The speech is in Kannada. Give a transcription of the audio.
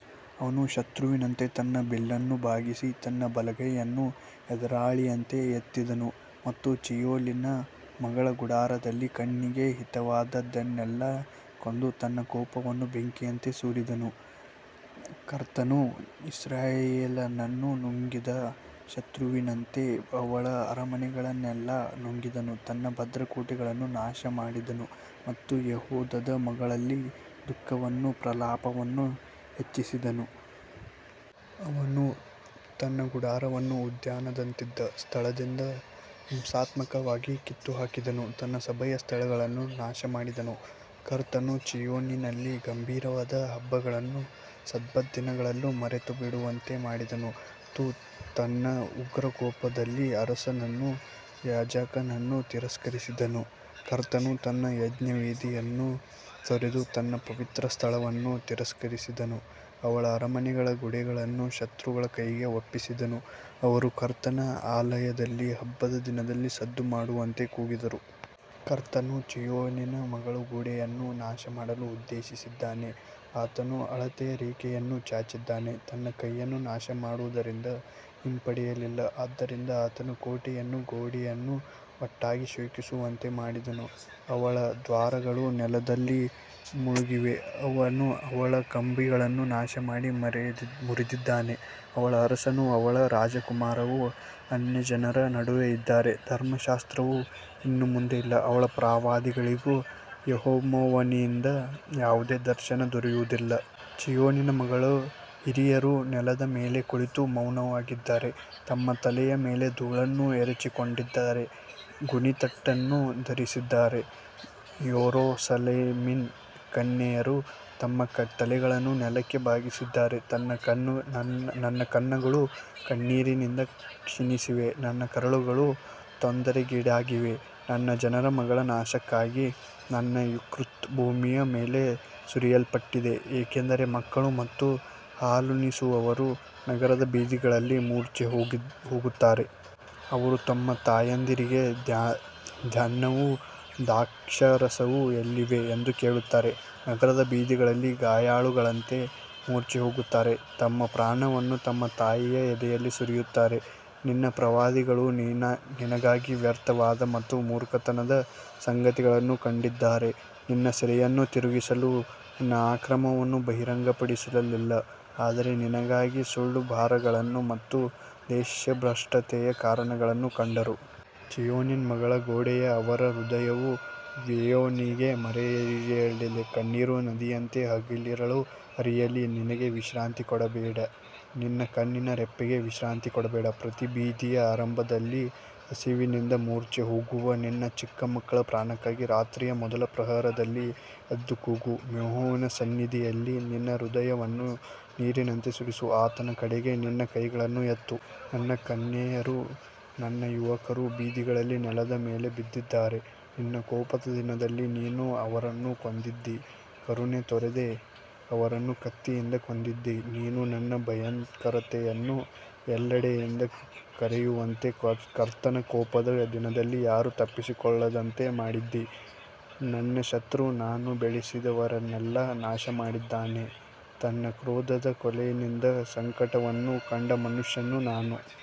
ಅವನು ಶತ್ರುವಿನಂತೆ ತನ್ನ ಬಿಲ್ಲನ್ನು ಬಾಗಿಸಿ ತನ್ನ ಬಲಗೈಯನ್ನು ಎದುರಾಳಿಯಂತೆ ಎತ್ತಿದನು ಮತ್ತು ಚೀಯೋನಿನ ಮಗಳ ಗುಡಾರದಲ್ಲಿ ಕಣ್ಣಿಗೆ ಹಿತವಾದದ್ದನ್ನೆಲ್ಲಾ ಕೊಂದು ತನ್ನ ಕೋಪವನ್ನು ಬೆಂಕಿಯಂತೆ ಸುರಿಸಿದನು. ಕರ್ತನು ಇಸ್ರಾಯೇಲನ್ನು ನುಂಗಿದ ಶತ್ರುವಿನಂತೆ ಅವಳ ಅರಮನೆಗಳನ್ನೆಲ್ಲಾ ನುಂಗಿದನು, ತನ್ನ ಭದ್ರಕೋಟೆಗಳನ್ನು ನಾಶಮಾಡಿದನು ಮತ್ತು ಯೆಹೂದದ ಮಗಳಲ್ಲಿ ದುಃಖವನ್ನೂ ಪ್ರಲಾಪವನ್ನೂ ಹೆಚ್ಚಿಸಿದನು. ಅವನು ತನ್ನ ಗುಡಾರವನ್ನು ಉದ್ಯಾನದಂತಿದ್ದ ಸ್ಥಳದಿಂದ ಹಿಂಸಾತ್ಮಕವಾಗಿ ಕಿತ್ತುಹಾಕಿದನು, ತನ್ನ ಸಭೆಯ ಸ್ಥಳಗಳನ್ನು ನಾಶಮಾಡಿದನು, ಕರ್ತನು ಚೀಯೋನಿನಲ್ಲಿ ಗಂಭೀರವಾದ ಹಬ್ಬಗಳನ್ನೂ ಸಬ್ಬತ್ ದಿನಗಳನ್ನೂ ಮರೆತುಬಿಡುವಂತೆ ಮಾಡಿದನು ಮತ್ತು ತನ್ನ ಉಗ್ರಕೋಪದಲ್ಲಿ ಅರಸನನ್ನೂ ಯಾಜಕನನ್ನೂ ತಿರಸ್ಕರಿಸಿದನು. ಕರ್ತನು ತನ್ನ ಯಜ್ಞವೇದಿಯನ್ನು ತೊರೆದು ತನ್ನ ಪವಿತ್ರಸ್ಥಳವನ್ನು ತಿರಸ್ಕರಿಸಿದನು, ಅವಳ ಅರಮನೆಗಳ ಗೋಡೆಗಳನ್ನು ಶತ್ರುಗಳ ಕೈಗೆ ಒಪ್ಪಿಸಿದನು, ಅವರು ಕರ್ತನ ಆಲಯದಲ್ಲಿ ಹಬ್ಬದ ದಿನದಲ್ಲಿ ಸದ್ದು ಮಾಡುವಂತೆ ಕೂಗಿದರು. ಕರ್ತನು ಚೀಯೋನಿನ ಮಗಳ ಗೋಡೆಯನ್ನು ನಾಶಮಾಡಲು ಉದ್ದೇಶಿಸಿದ್ದಾನೆ, ಆತನು ಅಳತೆಯ ರೇಖೆಯನ್ನು ಚಾಚಿದ್ದಾನೆ, ತನ್ನ ಕೈಯನ್ನು ನಾಶಮಾಡುವುದರಿಂದ ಹಿಂಪಡೆಯಲಿಲ್ಲ, ಆದ್ದರಿಂದ ಆತನು ಕೋಟೆಯನ್ನೂ ಗೋಡೆಯನ್ನೂ ಒಟ್ಟಾಗಿ ಶೋಕಿಸುವಂತೆ ಮಾಡಿದನು. ಅವಳ ದ್ವಾರಗಳು ನೆಲದಲ್ಲಿ ಮುಳುಗಿವೆ, ಅವನು ಅವಳ ಕಂಬಿಗಳನ್ನು ನಾಶಮಾಡಿ ಮುರಿದಿದ್ದಾನೆ, ಅವಳ ಅರಸನೂ ಅವಳ ರಾಜಕುಮಾರರೂ ಅನ್ಯಜನರ ನಡುವೆ ಇದ್ದಾರೆ, ಧರ್ಮಶಾಸ್ತ್ರವು ಇನ್ನು ಮುಂದೆ ಇಲ್ಲ, ಅವಳ ಪ್ರವಾದಿಗಳಿಗೂ ಯೆಹೋವನಿಂದ ಯಾವುದೇ ದರ್ಶನ ದೊರೆಯುವುದಿಲ್ಲ. ಚೀಯೋನಿನ ಮಗಳ ಹಿರಿಯರು ನೆಲದ ಮೇಲೆ ಕುಳಿತು ಮೌನವಾಗಿದ್ದಾರೆ, ತಮ್ಮ ತಲೆಯ ಮೇಲೆ ಧೂಳನ್ನು ಎರಚಿಕೊಂಡಿದ್ದಾರೆ, ಗೋಣಿತಟ್ಟನ್ನು ಧರಿಸಿದ್ದಾರೆ, ಯೆರೂಸಲೇಮಿನ ಕನ್ಯೆಯರು ತಮ್ಮ ತಲೆಗಳನ್ನು ನೆಲಕ್ಕೆ ಬಾಗಿಸಿದ್ದಾರೆ. ನನ್ನ ಕಣ್ಣುಗಳು ಕಣ್ಣೀರಿನಿಂದ ಕ್ಷೀಣಿಸಿವೆ, ನನ್ನ ಕರುಳುಗಳು ತೊಂದರೆಗೀಡಾಗಿವೆ, ನನ್ನ ಜನರ ಮಗಳ ನಾಶಕ್ಕಾಗಿ ನನ್ನ ಯಕೃತ್ತು ಭೂಮಿಯ ಮೇಲೆ ಸುರಿಯಲ್ಪಟ್ಟಿದೆ, ಏಕೆಂದರೆ ಮಕ್ಕಳು ಮತ್ತು ಹಾಲುಣಿಸುವವರು ನಗರದ ಬೀದಿಗಳಲ್ಲಿ ಮೂರ್ಛೆಹೋಗುತ್ತಾರೆ. ಅವರು ತಮ್ಮ ತಾಯಂದಿರಿಗೆ, ಧಾನ್ಯವೂ ದ್ರಾಕ್ಷಾರಸವೂ ಎಲ್ಲಿವೆ ಎಂದು ಕೇಳುತ್ತಾರೆ, ನಗರದ ಬೀದಿಗಳಲ್ಲಿ ಗಾಯಾಳುಗಳಂತೆ ಮೂರ್ಛೆಹೋಗುತ್ತಾರೆ, ತಮ್ಮ ಪ್ರಾಣವನ್ನು ತಮ್ಮ ತಾಯಿಯ ಎದೆಯಲ್ಲಿ ಸುರಿಯುತ್ತಾರೆ. ನಿನ್ನ ಪ್ರವಾದಿಗಳು ನಿನಗಾಗಿ ವ್ಯರ್ಥವಾದ ಮತ್ತು ಮೂರ್ಖತನದ ಸಂಗತಿಗಳನ್ನು ಕಂಡಿದ್ದಾರೆ, ನಿನ್ನ ಸೆರೆಯನ್ನು ತಿರುಗಿಸಲು ನಿನ್ನ ಅಕ್ರಮವನ್ನು ಬಹಿರಂಗಪಡಿಸಲಿಲ್ಲ, ಆದರೆ ನಿನಗಾಗಿ ಸುಳ್ಳು ಭಾರಗಳನ್ನು ಮತ್ತು ದೇಶಭ್ರಷ್ಟತೆಯ ಕಾರಣಗಳನ್ನು ಕಂಡರು. ಚೀಯೋನಿನ ಮಗಳ ಗೋಡೆಯೇ, ಅವರ ಹೃದಯವು ಯೆಹೋವನಿಗೆ ಮೊರೆಯಿಡಲಿ, ಕಣ್ಣೀರು ನದಿಯಂತೆ ಹಗಲಿರುಳು ಹರಿಯಲಿ, ನಿನಗೆ ವಿಶ್ರಾಂತಿ ಕೊಡಬೇಡ, ನಿನ್ನ ಕಣ್ಣಿನ ರೆಪ್ಪೆಗೆ ವಿಶ್ರಾಂತಿ ಕೊಡಬೇಡ. ಪ್ರತಿ ಬೀದಿಯ ಆರಂಭದಲ್ಲಿ ಹಸಿವಿನಿಂದ ಮೂರ್ಛೆಹೋಗುವ ನಿನ್ನ ಚಿಕ್ಕ ಮಕ್ಕಳ ಪ್ರಾಣಕ್ಕಾಗಿ ರಾತ್ರಿಯ ಮೊದಲ ಪ್ರಹರದಲ್ಲಿ ಎದ್ದು ಕೂಗು, ಯೆಹೋವನ ಸನ್ನಿಧಿಯಲ್ಲಿ ನಿನ್ನ ಹೃದಯವನ್ನು ನೀರಿನಂತೆ ಸುರಿಸು, ಆತನ ಕಡೆಗೆ ನಿನ್ನ ಕೈಗಳನ್ನು ಎತ್ತು. ನನ್ನ ಕನ್ಯೆಯರೂ ನನ್ನ ಯುವಕರೂ ಬೀದಿಗಳಲ್ಲಿ ನೆಲದ ಮೇಲೆ ಬಿದ್ದಿದ್ದಾರೆ, ನಿನ್ನ ಕೋಪದ ದಿನದಲ್ಲಿ ನೀನು ಅವರನ್ನು ಕೊಂದಿದ್ದೀ, ಕರುಣೆ ತೋರದೆ ಅವರನ್ನು ಕತ್ತಿಯಿಂದ ಕೊಂದಿದ್ದೀ. ನೀನು ನನ್ನ ಭಯಂಕರತೆಯನ್ನು ಎಲ್ಲೆಡೆಯಿಂದ ಕರೆಯುವಂತೆ, ಕರ್ತನ ಕೋಪದ ದಿನದಲ್ಲಿ ಯಾರೂ ತಪ್ಪಿಸಿಕೊಳ್ಳದಂತೆ ಮಾಡಿದ್ದೀ, ನನ್ನ ಶತ್ರು ನಾನು ಬೆಳೆಸಿದವರನ್ನೆಲ್ಲಾ ನಾಶಮಾಡಿದ್ದಾನೆ. ತನ್ನ ಕ್ರೋಧದ ಕೋಲಿನಿಂದ ಸಂಕಟವನ್ನು ಕಂಡ ಮನುಷ್ಯನು ನಾನು.